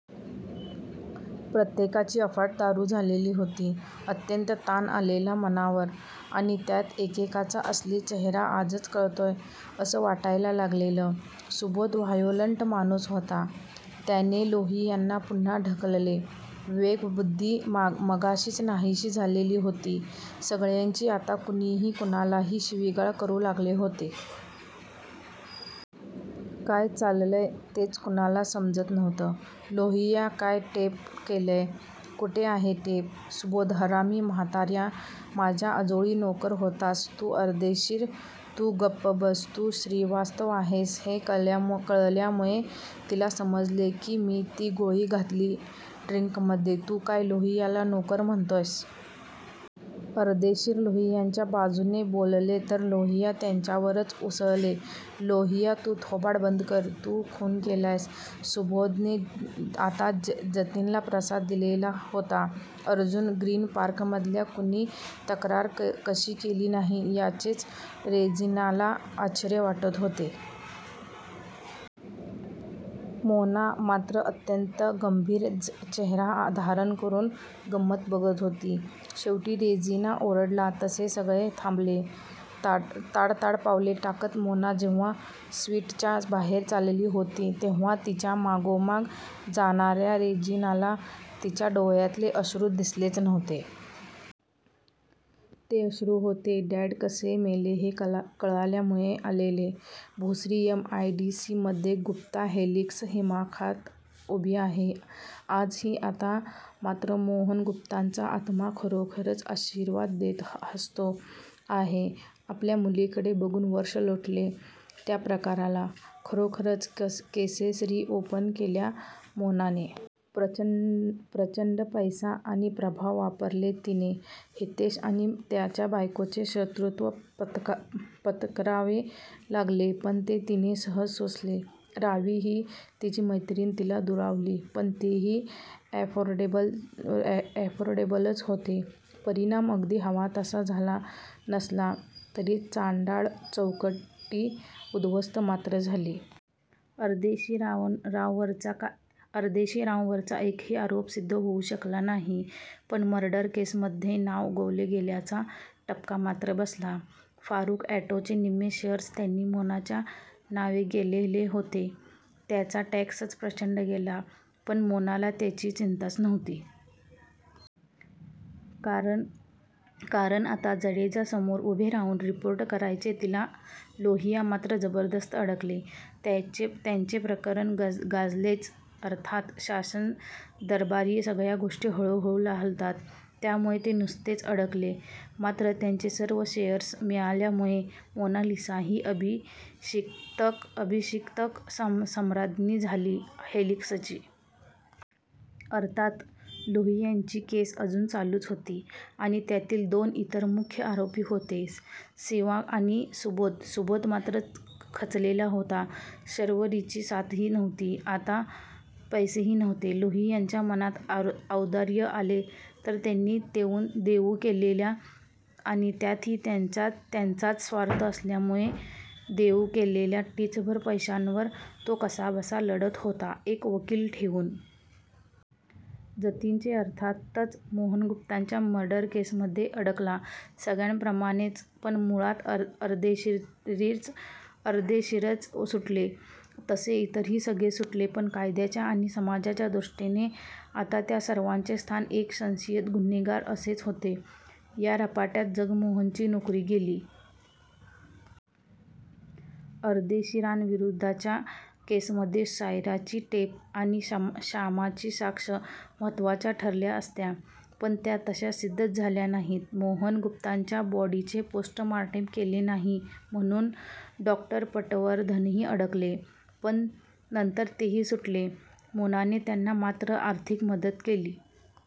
प्रत्येकाची अफाट दारू झालेली. अत्यंत ताण आलेला मनावर! आणि त्यात एकेकाचा असली चेहरा आजच कळतोय असं वाटायला लागलेलं! सुबोध व्हायोलन्ट माणूस होता. त्याने लोहियांना पुन्हा ढकलले. विवेकबुद्धी मगाशीच नाहीशी झालेली होती सगळ्यांची आता कुणीही कुणालाही शिवीगाळ करू लागलेले होते. काय चाललंय तेच कुणाला समजत नव्हतं! लोहिया काय टेप केलंय? कुठे आहे टेप? सुबोध हरामी म्हातार्या. माझ्या आजोळी नोकर होतास तू, अर्देशीर तू गप्प बस, तू श्रीवास्तव आहेस हे कळल्यामुळे तिला समजले की मी ती गोळी घातली ड्रिन्कमध्ये तू काय लोहियाला नोकर म्हणतोयस. अर्देशीर लोहियांच्या बाजूने बोलले तर लोहिया त्यांच्यावरच उसळले, लोहिया तू थोबाड बंद कर तू खून केलायस, सुबोधने आता जतीनला प्रसाद दिलेला होता. अजून ग्रीन पार्कमधल्या कुणी तक्रार कशी केली नाही याचेच रेजिनाला आश्चर्य वाटत होते. मोना मात्र अत्यंत गंभीर चेहरा धारण करून गंमत बघत होती. शेवटी रेजिना ओरडला तसे सगळे थांबले.. ताडताड पावले टाकत मोना जेव्हा स्विटच्या बाहेर चालली होती तेव्हा तिच्या मागोमाग जाणार्या रेजिनाला तिच्या डोळ्यातले अश्रू दिसलेच नव्हते. ते अश्रू होते डॅड कसे मेले हे कळल्यामुळे आलेले. Bhosari M I D C मध्ये गुप्ता हेलिक्स दिमाखात उभी आहे. आजही, आता मात्र मोहन गुप्तांचा आत्मा खरोखरच आशीर्वाद देत हासतो आहे आपल्या मुलीकडे बघून वर्ष लोटले त्या प्रकाराला, खरोखरच केसेस री ओपन केल्या मोनाने! प्रचंड पैसा आणि प्रभाव वापरले तिने, हितेश आणि त्याच्याबायकोचे शत्रूत्व पत्करावे लागले. पण ते तिने सहज सोसले. रावी ही तिची मैत्रीण तिला दुरावली. पण तेही ॲफोर्डेबलच होते. परिणाम अगदी हवा तसा झाला नसला तरी चांडाळ चौकडी उद्ध्वस्त मात्र झाली. अर्देशीरांवरचा एकही आरोप सिद्ध होऊ शकला नाही. पण मर्डर केसमध्ये नाव गोवले गेल्याचा ठपका मात्र बसला. फारुख ऑटोचे निम्मे शेअर्स त्यांनी मोनाच्या नावे केलेले होते.. त्याचा टॅक्सच प्रचंड गेला.. पण मोनाला त्याची चिंताच नव्हती. कारण आता जडेजा समोर उभे राहून रिपोर्ट करायचे तिला.. लोहिया मात्र जबरदस्त अडकले. त्यांचे प्रकरण गाजलेच. अर्थात. शासनदरबारी सगळ्या गोष्टी हळूहळू हालतात. त्यामुळे ते नुसतेच अडकले. मात्र त्यांचे सर्व शेअर्स मिळाल्यामुळे मोनालिसा ही अनभिषिक्त सम्राज्ञी झाली हेलिक्सची. अर्थात, लोहियांची केस अजून चालूच होती.आणि त्यातील दोन इतर मुख्य आरोपी होते सिवा आणि सुबोध-सुबोध मात्र खचलेला होता. शर्वरीची साथही नव्हती आता. पैसेही नव्हते. लोहियांच्या मनात औदार्य आले तर त्यांनी देऊ केलेल्या आणि त्यातही त्यांचाच स्वार्थ असल्यामुळे देऊ केलेल्या टिचभर पैशांवर तो कसाबसा लढत होता एक वकील ठेवून.. जतीनचे अर्थातच मोहन गुप्तांच्या मर्डर केसमध्ये अडकला सगळ्यांप्रमाणेच, पण मुळात अर्देशीरच सुटले तसे इतरही सगळे सुटले. पण कायद्याच्या आणि समाजाच्या दृष्टीने आता त्या सर्वांचे स्थान एक संशयीत गुन्हेगार असेच होते. या रपाट्यात जगमोहनची नोकरी गेली.. अर्देशीरांविरुद्धच्या केसमध्ये सायराची टेप आणि शामाची साक्ष महत्वाच्या ठरल्या असत्या.. पण त्या तशा सिद्धच झाल्या नाहीत.. मोहन गुप्तांच्या बॉडीचे पोस्ट मॉर्टेम केले नाही म्हणून डॉ. पटवर्धनही अडकले, पण नंतर तेही सुटले. मोनाने त्यांना मात्र आर्थिक मदत केली.